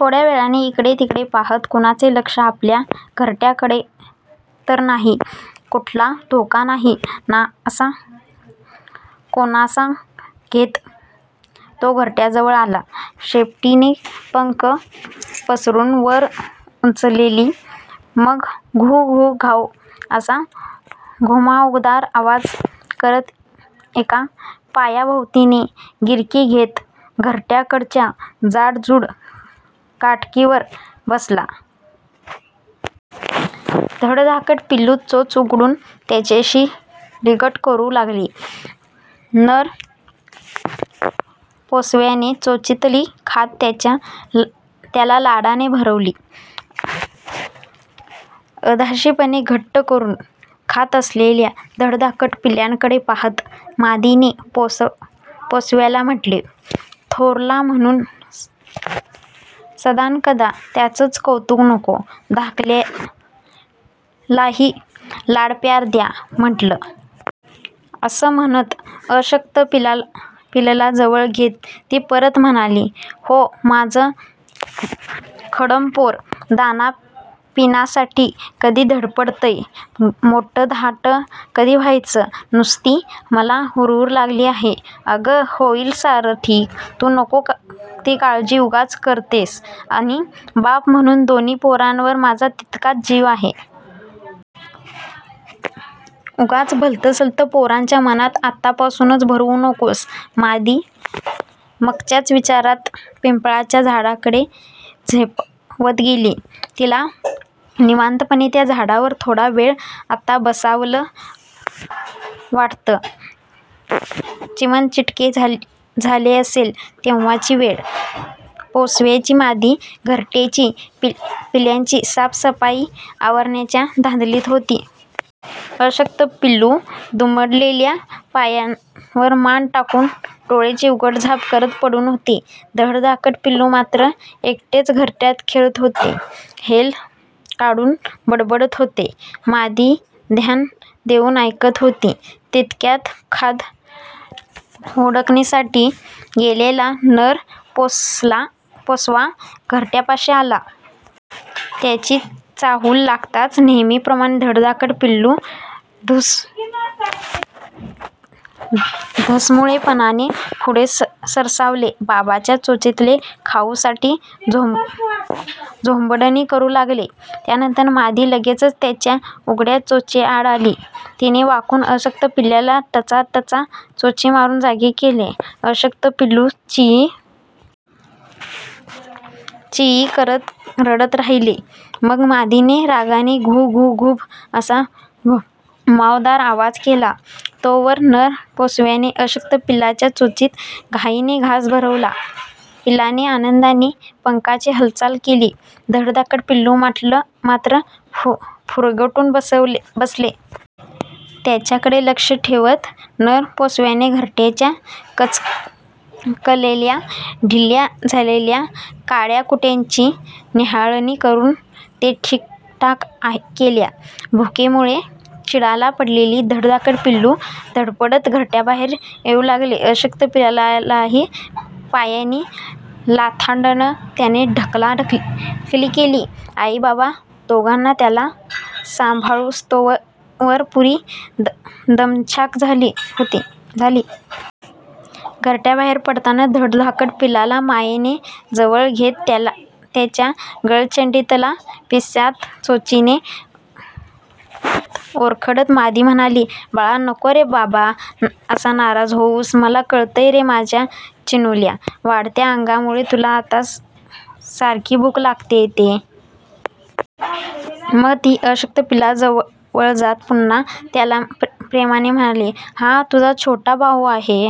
थोडय़ा वेळाने इकडे तिकडे पाहत, 'कुणाचे लक्ष आपल्या घरटय़ाकडेतर नाही! कुठला धोका नाही ना! ' असा कानोसा घेत तो घरटय़ाजवळ आला. शेपटीचे पंख पिसारून वर उचलली. मग घु. घु.. घव्व्.. असा घुमावदार आवाज करत एका पायाभोवतीने गिरकी घेत घरटय़ाकडेच्या जाडजूड काटकीवर बसला. धडधाकट पिलू चोच उघडून त्याच्याशी लगट करू लागले. नर पोसव्याने चोचीतली खाद त्याला लाडाने भरवली. अधाशीपणे घुट्ट करुन खात असलेल्या धडधाकट पिलाकडे पाहत मादीने पोसव्याला म्हटले, "थोरला म्हणून सदानकदा त्याचंच कौतुक नको! धाकल्यालाही लाडप्यार द्या म्हटलं! " असं म्हणत अशक्त पिलाला जवळ घेत ती परत म्हणाली, "ह्ये, माझं खेडमं पोर दाणापाणीसाठी कधी धडपडायचं? मोठ्ठधाटं कधी व्हायचं? नुस्ती मला हुरहूर लागली आहे! " "अगं, होईल सारं ठीक! तू नको ती काळजी उगाच करत्येस आणि बाप म्हणून दोन्ही पोरांवर माझा तितकाच जीव आहे. उगाच भलतसलतं पोरांच्या मनांत आतापासूनच भरवू नकोस! " मादी मघाच्याच विचारात पिंपळाच्या झाडाकडे झेपावत गेली. तिला निवांतपणे त्या झाडावर थोडा वेळ आता बसावंसं वाटलं. चिमणचिटके झाले असेल तेव्हाची वेळ... पोसव्याची मादी घरटय़ाची, पिलांची साफसफाई आवरण्याच्या धांदलीत होती. अशक्त पिलू दुमडलेल्या पायांवर मान टाकून डोळयांची उघडझाप करत पडून होते. धडधाकट पिलू मात्र एकटेच घरटय़ात खेळत होते. हेल काढून बडबडत होते. मादी ध्यान देऊन ऐकत होती. तितक्यात खाद हुडकणीसाठी गेलेला नर पोसवा घरटय़ापाशी आला. त्याची चाहूल लागताच नेहमीप्रमाणे धडधाकट पिलू धसमुळेपणाने पुढे सरसावले. बाबांच्या चोचीतल्या खाऊसाठी झोंबडणी करू लागले. त्यानंतर मादी लगेचच त्याच्या उघडय़ा चोचीआड आली. तिने वाकून अशक्त पिलाला टचा.. टचा.. चोची मारून जागे केले. अशक्त पिलू चीई.. चीई.. करत रडत राहिले. मग मादीने रागाने घु.. घु.. घुब्ब.. असा घुमावदार आवाज केला. तोवर नर पोसव्याने अशक्त पिलाच्या चोचीत घाईने घास भरवला. पिलाने आनंदाने पंखाची हालचाल केली. धडधाकट पिलू मात्र फुरगटून बसले. त्याच्याकडे लक्ष ठेवत नर पोसव्याने घरटय़ाच्या कचकलेल्या, ढिल्या झालेल्या काटय़ाकुटक्यांची न्याहळणी करून त्या ठीकठाक केल्या. भुकेमुळे चिडीला पडलेले धडधाकट पिलू धडपडत घरटय़ाबाहेर येऊ लागले. अशक्त पिलालाही पायांनी लाथाडत त्याने ढकलाढकली केली. आईबाबा दोघांना त्याला सांभाळूस्तोवर पुरी दमछाक झाली. घरटय़ाबाहेर पडताना धडधाकट पिल्लाला मायेने जवळ घेत त्याच्या गळचेंडीतल्या पीसांत चोचीने ओरखडत मादी म्हणाली, "बाळा, नको रे बाबा असा नाराज होऊस, मला कळतं रे माझ्या चिन्नुल्या! वाढत्या अंगामुळे तुला आता सारखी भूक लागत्ये ते! " मग ती अशक्त पिलाजवळ जात पुन्हा त्याला प्रेमाने म्हणाली, "हा तुझा छोटा भाऊ आहे